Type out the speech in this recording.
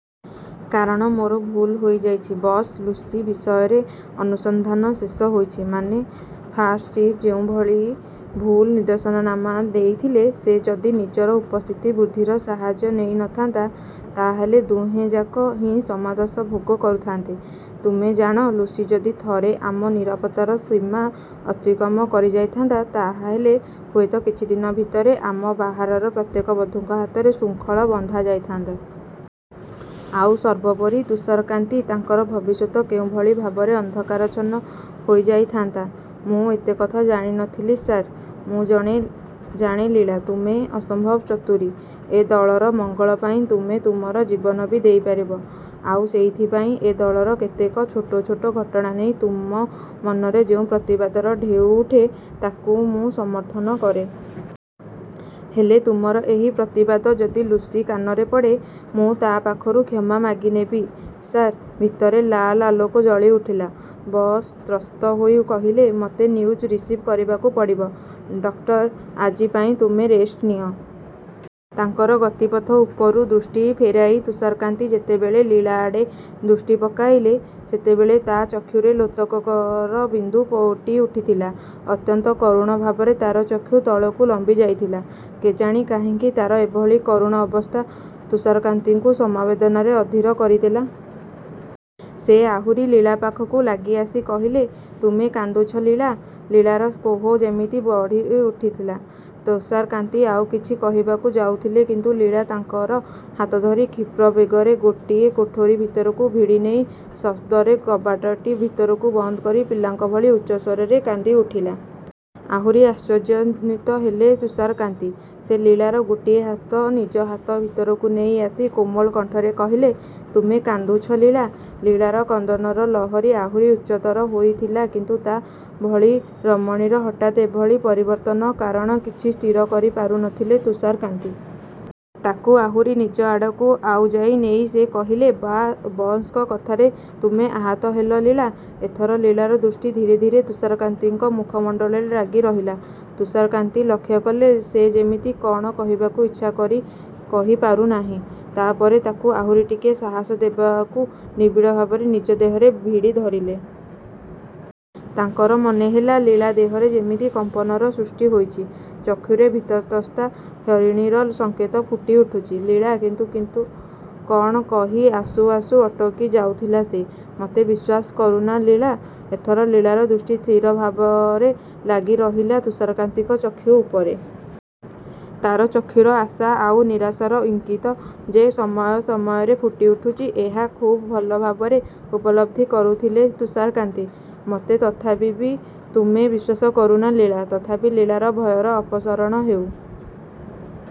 କାରଣ ମୋର ଭୁଲ୍ ହୋଇଯାଇଛି, ବସ୍। ଲୁସି ବିଷୟରେ ଅନୁସନ୍ଧାନ ଶେଷ ହୋଇଛି। ମାନେ, ଫାଷ୍ଟ ଚିଫ୍ ଯେଉଁଭଳି ଭୁଲ୍ ନିର୍ଦ୍ଦେଶନାମା ଦେଇଥିଲେ, ସେ ଯଦି ନିଜର ଉପସ୍ଥିତ ବୁଦ୍ଧିର ସାହାଯ୍ୟ ନେଇ ନଥାନ୍ତା, ତା ହେଲେ ଦୁହେଁଯାକ ହିଁ ସମଦଶା ଭୋଗ କରୁଥାଆନ୍ତେ। ତୁମେ ଜାଣ, ଲୁସି ଯଦି ଥରେ ଆମର ନିରାପତ୍ତାର ସୀମା ଅତିକ୍ରମ କରିଯାଇଥାନ୍ତା, ତା ହେଲେ ହୁଏତ କିଛିଦିନ ଭିତରେ ଆମର ବାହାରର ପ୍ରତ୍ୟେକ ବନ୍ଧୁଙ୍କ ହାତରେ ଶୃଙ୍ଖଳ ବନ୍ଧାଯାଇଥାନ୍ତା। ଆଉ ସର୍ବୋପରି ତୁଷାରକାନ୍ତି, ତାଙ୍କର ଭବିଷ୍ୟତ କେଉଁଭଳି ଭାବରେ ଅନ୍ଧକାରାଚ୍ଛନ୍ନ ହୋଇଯାଇଥାନ୍ତା? ମୁଁ ଏତେ କଥା ଜାଣିନଥିଲି, ସାର୍। ମୁଁ ଜାଣେ ଲୀଳା, ତୁମେ ଅସମ୍ଭବ ଚତୁରୀ। ଏ ଦଳର ମଙ୍ଗଳ ପାଇଁ ତୁମେ ତୁମର ଜୀବନ ବି ଦେଇପାରିବ। ଆଉ ସେଇଥିପାଇଁ ଏ ଦଳର କେତେକ ଛୋଟ ଛୋଟ ଘଟଣା ନେଇ ତୁମ ମନରେ ଯେଉଁ ପ୍ରତିବାଦର ଢେଉ ଉଠେ, ତାକୁ ମୁଁ ସମର୍ଥନ କରେ। ହେଲେ ତୁମର ଏହି ପ୍ରତିବାଦ ଯଦି ଲୁସି କାନରେ ପଡ଼େ। ମୁଁ ତା ପାଖରୁ କ୍ଷମା ମାଗିନେବି, ସାର୍। ଭିତରେ ଲାଲ ଆଲୋକ ଜଳିଉଠିଲା। ବସ୍ ତ୍ରସ୍ତ ହୋଇ କହିଲେ, ମୋତେ ନ୍ୟୁଜ୍ ରିସିଭ୍ କରିବାକୁ ପଡ଼ିବ, ଡକ୍ଟର। ଆଜି ପାଇଁ ତୁମେ ରେଷ୍ଟ ନିଅ। ତାଙ୍କର ଗତିପଥ ଉପରୁ ଦୃଷ୍ଟି ଫେରାଇ ତୁଷାରକାନ୍ତି ଯେତେବେଳେ ଲୀଳା ଆଡ଼େ ଦୃଷ୍ଟି ପକାଇଲେ, ସେତେବେଳେ ତା ଚକ୍ଷୁରେ ଲୋତକର ବିନ୍ଦୁ ପୋଟିଉଠୁଥିଲା। ଅତ୍ୟନ୍ତ କରୁଣ ଭାବରେ ତାର ଚକ୍ଷୁ ତଳକୁ ଲମ୍ବିଯାଇଥିଲା। କେଜାଣି କାହିଁକି ତାର ଏଭଳି କରୁଣ ଅବସ୍ଥା ତୁଷାରକାନ୍ତିଙ୍କୁ ସମବେଦନାରେ ଅଧୀର କରିଦେଲା। ସେ ଆହୁରି ଲୀଳା ପାଖକୁ ଲାଗି ଆସି କହିଲେ, ତୁମେ କାନ୍ଦୁଛ, ଲୀଳା। ଲୀଳାର କୋହ ଯେମିତି ବଢ଼ିଉଠିଥିଲା। ତୁଷାରକାନ୍ତି ଆଉ କିଛି କହିବାକୁ ଯାଉଥିଲେ କିନ୍ତୁ ଲୀଳା ତାଙ୍କର ହାତ ଧରି କ୍ଷୀପ୍ର ବେଗରେ ଗୋଟିଏ କୋଠରି ଭିତରକୁ ଭିଡ଼ିନେଇ ସଶବ୍ଦରେ କବାଟଟି ଭିତରୁ ବନ୍ଦ କରି ପିଲାଙ୍କ ଭଳି ଉଚ୍ଚସ୍ୱରରେ କାନ୍ଦିଉଠିଲା। ଆହୁରି ଆଶ୍ଚର୍ଯ୍ୟାନ୍ୱିତ ହେଲେ ତୁଷାରକାନ୍ତି। ସେ ଲୀଳାର ଗୋଟିଏ ହାତ ନିଜ ହାତ ଭିତରକୁ ନେଇ ଆସି କୋମଳ କଣ୍ଠରେ କହିଲେ, ତୁମେ କାନ୍ଦୁଛ, ଲୀଳା। ଲୀଳାର କ୍ରନ୍ଦନର ଲହରୀ ଆହୁରି ଉଚ୍ଚତର ହେଉଥିଲା କିନ୍ତୁ ତା ଭଳି ରମଣୀର ହଠାତ୍ ଏଭଳି ପରିବର୍ତ୍ତନ କାରଣ କିଛି ସ୍ଥିର କରିପାରୁନଥିଲେ ତୁଷାରକାନ୍ତି। ତାକୁ ଆହୁରି ନିଜ ଆଡ଼କୁ ଆଉଜାଇ ନେଇ ସେ କହିଲେ, ଵାବସ୍‌ଙ୍କ କଥାରେ ତୁମେ ଆହତ ହେଲ ଲୀଳା! ଏଥର ଲୀଳାର ଦୃଷ୍ଟି ଧୀରେ ଧୀରେ ତୁଷାରକାନ୍ତିଙ୍କ ମୁଖମଣ୍ଡଳରେ ଲାଗିରହିଲା। ତୁଷାରକାନ୍ତି ଲକ୍ଷ୍ୟ କଲେ, ସେ ଯେମିତି କଣ କହିବାକୁ ଇଚ୍ଛା କରି କହିପାରୁନାହିଁ। ତା ପରେ ତାକୁ ଆହୁରି ଟିକିଏ ସାହସ ଦେବାକୁ ନିବିଡ଼ ଭାବରେ ନିଜ ଦେହରେ ଭିଡ଼ିଧରିଲେ। ତାଙ୍କର ମନେହେଲା, ଲୀଳାର ଦେହରେ ଯେମିତି କମ୍ପନର ସୃଷ୍ଟି ହୋଇଛି। ଚକ୍ଷୁରେ ଭୀତତ୍ରସ୍ତା ହରିଣୀର ସଂକେତ ଫୁଟିଉଠୁଛି। ଲୀଳା। କିନ୍ତୁ କିନ୍ତୁ କଣ କହି ଆସୁ ଆସୁ ଅଟକି ଯାଉଥିଲା ସେ। ମୋତେ ବିଶ୍ୱାସ କରୁନା ଲୀଳା। ଏଥର ଲୀଳାର ଦୃଷ୍ଟି ସ୍ଥିର ଭାବରେ ଲାଗିରହିଲା ତୁଷାରକାନ୍ତିଙ୍କ ଚକ୍ଷୁ ଉପରେ। ତାର ଚକ୍ଷୁର ଆଶା ଆଉ ନିରାଶାର ଇଙ୍ଗିତ ଯେ ସମୟ ସମୟରେ ଫୁଟିଉଠୁଛି, ଏହା ଖୁବ୍ ଭଲ ଭାବରେ ଉପଲବ୍ଧି କରୁଥିଲେ ତୁଷାରକାନ୍ତି। ମୋତେ ତଥାପି ବି ତୁମେ ବିଶ୍ୱାସ କରୁନା, ଲୀଳା। ତଥାପି ଲୀଳାର ଭୟର ଅପସାରଣ ହେଉ